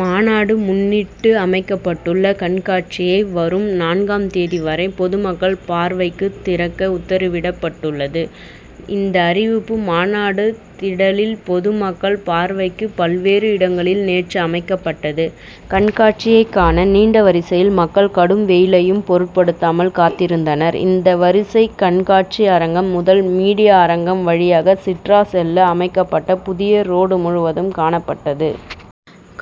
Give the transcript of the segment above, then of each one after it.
மாநாடு முன்னிட்டு அமைக்கப்பட்டுள்ள கண்காட்சியை வரும் நான்காம் தேதி வரை பொதுமக்கள் பார்வைக்குத் திறக்க உத்தரவிடப்பட்டுள்ளது. இந்த அறிவிப்பு, மாநாடு திடலில் பொதுமக்கள் பார்வைக்கு பல்வேறு இடங்களில் நேற்று அமைக்கப்பட்டது. கண்காட்சியைக் காண நீண்ட வரிசையில் மக்கள் கடும் வெயிலையும் பொருட்படுத்தாமல் காத்திருந்தனர். இந்த வரிசை, கண்காட்சி அரங்கம் முதல், மீடியா அரங்கம் வழியாக சிட்ரா' செல்ல அமைக்கப்பட்ட புதிய ரோடு முழுவதும் காணப்பட்டது.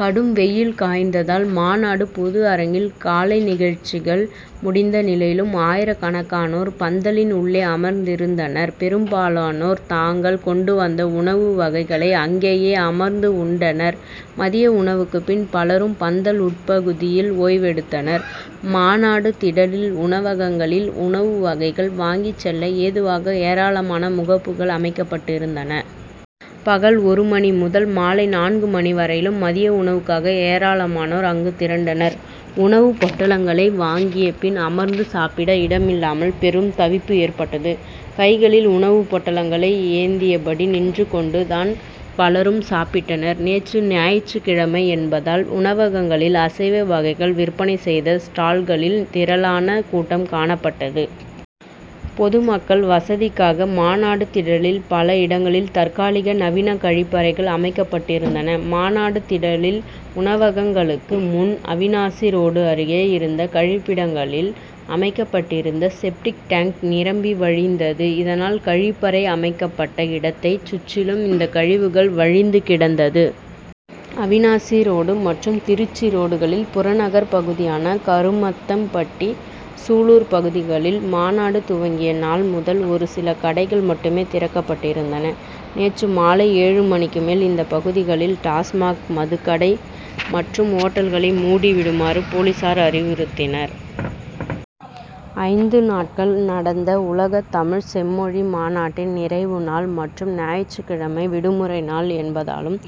கடும் வெயில் காய்ந்ததால், மாநாடு பொது அரங்கில் காலை நிகழ்ச்சிகள் முடிந்த நிலையிலும் ஆயிரக்கணக்கானோர் பந்தலின் உள்ளே அமர்ந்திருந்தனர். பெரும்பாலானோர் தாங்கள் கொண்டு வந்த உணவு வகைகளை அங்கேயே அமர்ந்து உண்டனர். மதிய உணவுக்குப் பின் பலரும் பந்தல் உட்பகுதியில் ஓய்வெடுத்தனர். மாநாடு திடலில் உணவகங்களில் உணவு வகைகள் வாங்கிச் செல்ல ஏதுவாக ஏராளமான முகப்புகள் அமைக்கப்பட்டிருந்தன. பகல் ஒரு மணி முதல் மாலை நான்கு மணி வரையிலும் மதிய உணவுக்காக ஏராளமானோர் அங்கு திரண்டனர். உணவுப் பொட்டலங்களை வாங்கிய பின் அமர்ந்து சாப்பிட இடமில்லாமல் பெரும் தவிப்பு ஏற்பட்டது. கைகளில் உணவுப் பொட்டலங்களை ஏந்தியபடி நின்று கொண்டு தான் பலரும் சாப்பிட்டனர். நேற்று ஞாயிற்றுக் கிழமை என்பதால், உணவகங்களில் அசைவ வகைகள் விற்பனை செய்த ஸ்டால்களில் திரளான கூட்டம் காணப்பட்டது. பொதுமக்கள் வசதிக்காக மாநாடு திடலில் பல இடங்களில் தற்காலிக நவீன கழிப்பறைகள் அமைக்கப்பட்டிருந்தன. மாநாடு திடலில் உணவகங்களுக்கு முன், அவிநாசி ரோடு அருகே இருந்த கழிப்பிடங்களில், அமைக்கப்பட்டிருந்த செப்டிக் டேங்க் நிரம்பி வழிந்தது. இதனால் கழிப்பறை அமைக்கப்பட்ட இடத்தைச் சுற்றிலும் இந்த கழிவுகள் வழிந்து கிடந்தது. அவிநாசி ரோடு மற்றும் திருச்சி ரோடுகளில் புறநகர் பகுதியான கருமத்தம்பட்டி, சூலூர் பகுதிகளில் மாநாடு துவங்கிய நாள் முதல் ஒரு சில கடைகள் மட்டுமே திறக்கப்பட்டிருந்தன. நேற்று மாலை ஏழு மணிக்கு மேல் இந்த பகுதிகளில் டாஸ்மாக் மதுக்கடை மற்றும் ஓட்டல்களை மூடி விடுமாறு போலீசார் அறிவுறுத்தினர். ஐந்து நாட்கள் நடந்த உலகத் தமிழ் செம்மொழி மாநாட்டின் நிறைவு நாள் மற்றும் ஞாயிற்றுக்கிழமை விடுமுறை நாள் என்பதாலும்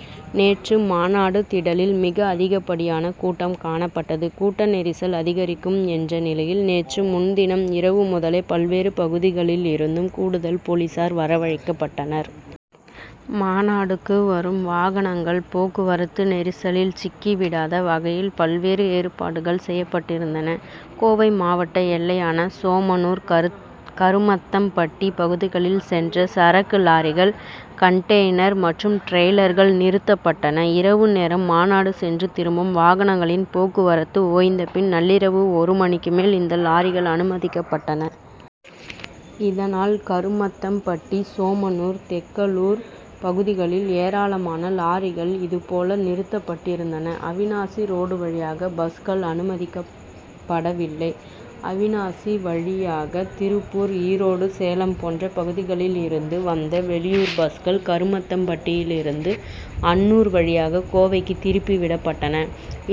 நேற்று மாநாடு திடலில் மிக அதிகப்படியான கூட்டம் காணப்பட்டது. கூட்ட நெரிசல் அதிகரிக்கும் என்ற நிலையில் நேற்று முன்தினம் இரவு முதலே பல்வேறு பகுதிகளிலிருந்தும் கூடுதல் போலீசார் வரவழைக்கப்பட்டனர். மாநாடுக்கு வரும் வாகனங்கள் போக்குவரத்து நெரிசலில் சிக்கி விடாத வகையில் பல்வேறு ஏற்பாடுகள் செய்யப்பட்டிருந்தன. கோவை மாவட்ட எல்லையான சோமனூர், கருமத்தம்பட்டி பகுதிகளில் சென்ற சரக்கு லாரிகள், கண்டெய்னர் மற்றும் டிரெய்லர்கள் நிறுத்தப்பட்டன. இரவு நேரம் மாநாடு சென்று திரும்பும் வாகனங்களின் போக்குவரத்து ஓய்ந்த பின் நள்ளிரவு ஒரு மணிக்கு மேல் இந்த லாரிகள் அனுமதிக்கப்பட்டன. இதனால், கருமத்தம்பட்டி, சோமனூர், தெக்கலூர் பகுதிகளில் ஏராளமான லாரிகள் இது போல நிறுத்தப்பட்டிருந்தன. அவிநாசி ரோடு வழியாக பஸ்கள் அனுமதிக்கப்படவில்லை. அவிநாசி வழியாக திருப்பூர், ஈரோடு, சேலம் போன்ற பகுதிகளிலிருந்து வந்த வெளியூர் பஸ்கள் கருமத்தம்பட்டியிலிருந்து அன்னூர் வழியாக கோவைக்கு திருப்பி விடப்பட்டன.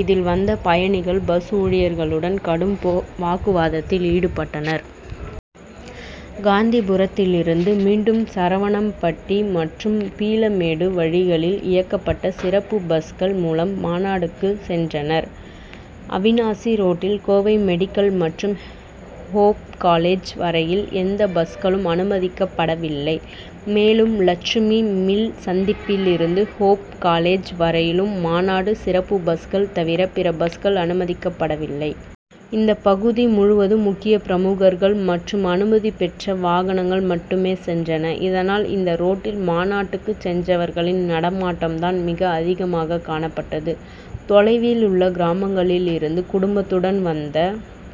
இதில் வந்த பயணிகள் பஸ் ஊழியர்களுடன் கடும் வாக்குவாதத்தில் ஈடுபட்டனர். காந்திபுரத்திலிருந்து மீண்டும் சரவணம்பட்டி மற்றும் பீளமேடு வழிகளில் இயக்கப்பட்ட சிறப்பு பஸ்கள் மூலம் மாநாடுக்குச் சென்றனர். அவிநாசி ரோட்டில் கோவை மெடிக்கல் மற்றும் ஹோப் காலேஜ் வரையில் எந்த பஸ்களும் அனுமதிக்கப்படவில்லை. மேலும், லட்சுமி மில் சந்திப்பிலிருந்து ஹோப் காலேஜ் வரையிலும் மாநாடு சிறப்பு பஸ்கள் தவிர பிற பஸ்கள் அனுமதிக்கப்படவில்லை. இந்த பகுதி முழுவதும் முக்கிய பிரமுகர்கள் மற்றும் அனுமதி பெற்ற வாகனங்கள் மட்டுமே சென்றன. இதனால், இந்த ரோட்டில் மாநாட்டுக்குச் சென்றவர்களின் நடமாட்டம் தான் மிக அதிகமாக காணப்பட்டது. தொலைவிலுள்ள கிராமங்களிலிருந்து குடும்பத்துடன் வந்த